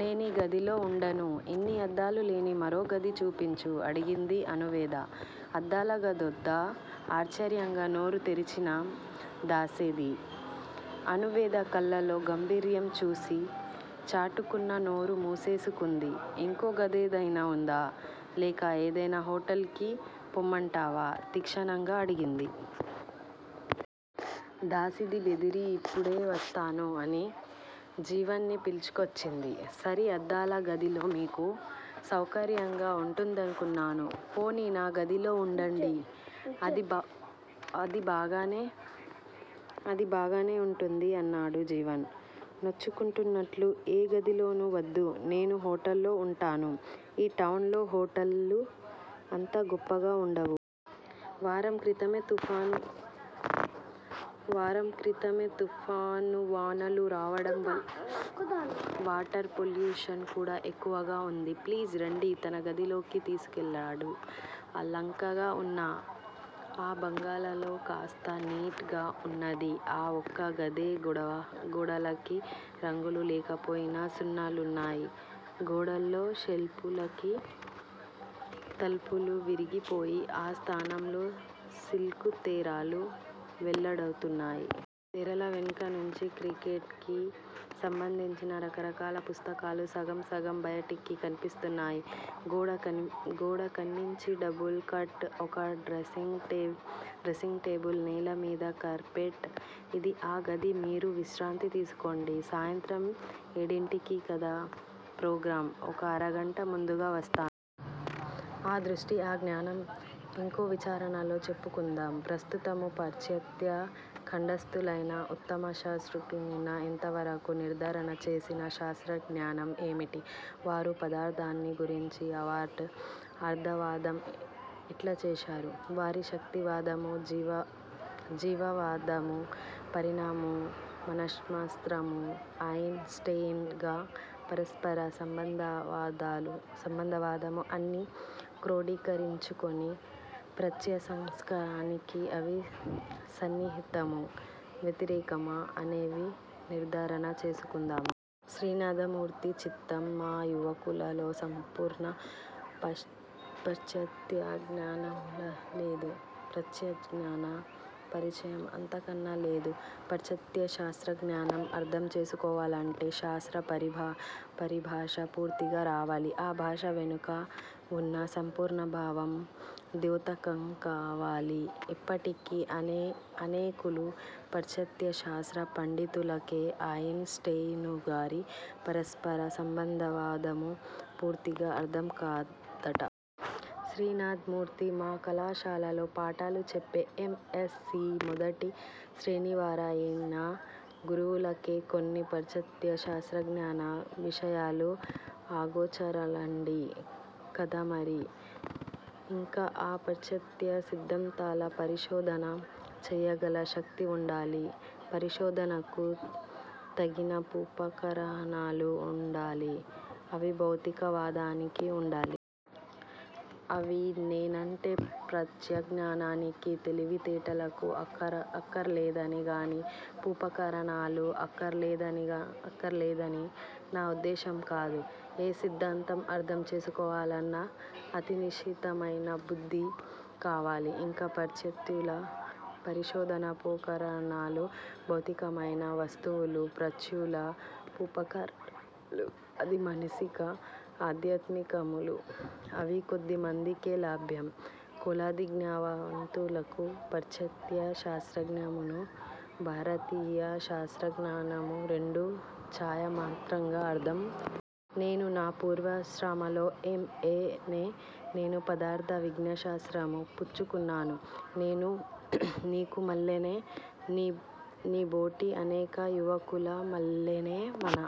నేనీ గదిలో వుండను. ఇన్ని అద్దాలు లేని మరో గది చూపించు అడిగింది అణువేద. అద్దాలగదోద్దా! ఆశ్చర్యంగా నోరు తెరచిన దాసిది అణువేద కళ్ళలో గాంభీర్యం చూసి చటుక్కున నోరు ముసేసుకుంది. ఇంకో గదేదైనా వుందా? లేక ఏదైనా హొటల్ కి పొమ్మంటావా? తీక్షణంగా అడిగింది. దాసిది బెదిరి యిపుడే వస్తాను అని జీవన్ ని పిలుచుకొచ్చింది. సారి! అద్దాల గదిలో మీకు సౌకర్యంగా వుంటుదనుకున్నాను. పోనీ నా గదిలో వుండండి. అది బాగానే వుంటుంది. అన్నాడు జీవన్ నొచ్చుకుంటున్నట్లు. ఏ గదిలోనూ వద్దు నేను హొటల్లో వుంటాను. ఈ టౌన్ లో హోటళ్ళు అంత గొప్పగా వుండవు. వారం క్రితమే తుఫాను వానలు రావడం వల్ల వాటర్ పోల్యుషన్ కూడా ఎక్కువగా వుంది ప్లీజ్ రండి. తన గదిలోకి తీసుకెళ్ళాడు. లంకలా వున్న అ బంగళాలో కాస్త నీట్ గా వున్నది ఆ వొక్క గదే గోడలకి రంగులు లేకపోయినా సున్నాలున్నాయి. గోడల్లో షెల్ఫులకి తలుపులు విరిగిపోయి ఆ స్థానంలో సిల్కు తెరలు వెళ్ళాడుతున్నాయి. తెరల వెనకనించి క్రికెట్ కి సంబంధించిన రకరకాల పుస్తకాలు సగం సగం బయటికి కనిపిస్తున్నాయి. గోడ కానించి డబుల్ కాట్, ఒక డ్రస్సింగ్ టేబిల్, నేల మీద కార్పెట్, ఇది ఆ గది. మీరు విశ్రాంతి తీసుకోండి. సాయంత్రం ఏడింటికి కదా ప్రోగ్రాం ఒక అరగంట ముందుగా వస్తాను. ఆ దృష్టీ, ఆ జ్ఞానం ఇంకో విచారణలో చెప్పుకుందాం. ప్రస్తుతము పాశ్చాత్య ఖండస్థులైన ఉత్తమశాస్త్రజ్ఞులు ఇంతవరకు నిర్దారణచేసిన శాస్త్రజ్ఞానం ఏమిటి? వారు పదార్ధాన్ని గురించి అర్ధవాదం ఎట్లాచేశారు? వారి శక్తివాదము, జీవవాదము, పరిణామము, మనశ్శాస్త్రము, ఆయిన్ స్టెయిన్ గారి పరస్పర సంభందవాదము, అన్నీ క్రోడీకరించుకొని, ప్రాచ్యసంస్కారానికి అవి సన్నిహితమూ, వ్యతిరేకమా అనేవి నిర్ధారణ చేసుకుందాము. '' శ్రీనాథమూర్తి: చిత్తం. మా యువకులలో సంపూర్ణ పాశ్చాత్య జ్ఞానమూలేదు, ప్రాచ్యజ్ఞాన పరిచయం అంతకన్నా లేదు. '' పాశ్చాత్య శాస్త్రజ్ఞానం అర్ధంచేసుకోవాలంటే, శాస్త్ర పరిభాష పూర్తిగా రావాలి. అ భాషవెనకాల వున్న సంపూర్ణభావం ద్యోతకంకావాలి. ఇప్పటికి అనేకులు పాశ్చాత్య శాస్త్ర పండితులకే ఆయిన్ స్టెయినుగారి పరస్పర సంబంధవాదము పూర్తిగా అర్ధంకాదట! '' శ్రీనాథమూర్తి: మా కళాశాలలో పాఠాలు చెప్పే ఎమ్. ఎస్. సి మొదటి శ్రేణివారయిన గురువులకే కొన్ని పాశ్చాత్య శాస్త్రజ్ఞాన విషయాలు అగోచరాలండీ. '' కాదామరి, ఇంక ఆ పాశ్చాత్య సిద్దాంతాల పరిశోధన చేయగల శక్తివుండాలి. పరిశోధనకు తగిన వుపకరణాలు వుండాలి. ఇవి భౌతిక వాదానికి వుండాలి. అని నేనంటే, ప్రాచ్యజ్ఞానానికి తెలివితేటలు అక్కరలేదని గాని, వుపకరణాలు అక్కరలేదనిగాని నా ఉద్దేశంకాదు. ఏ సిద్దాంతం అర్ధం చేసుకోవాలన్నా అతినిశితమైనబుద్ది కావాలి. ఇంక పాశ్చత్యుల పరిశోధనోపకరణాలు, భౌతికమైన వస్తువులు, ప్రాచ్యుల వుపకరణాలు అధిమానసిక, ఆధ్యాత్మికములు. అవి కొద్దిమందికే లభ్యం. కొలదిజ్ఞానవంతులకు పాశ్చాత్య శాస్త్రజ్ఞానమూ, భారతీయ శాస్త్రజ్ఞానమూ రెండూ ఛాయామాత్రంగా అర్ధం అవుతాయి. నేను నా పూర్వాశ్రమంలో ఎమ్. ఏ. నే. నేను పదార్ద విజ్ఞానశాస్త్రము పుచ్చుకున్నాను. నేనూ నీకుమల్లేనె నీబోటి అనేక యువకుల మల్లేనే మన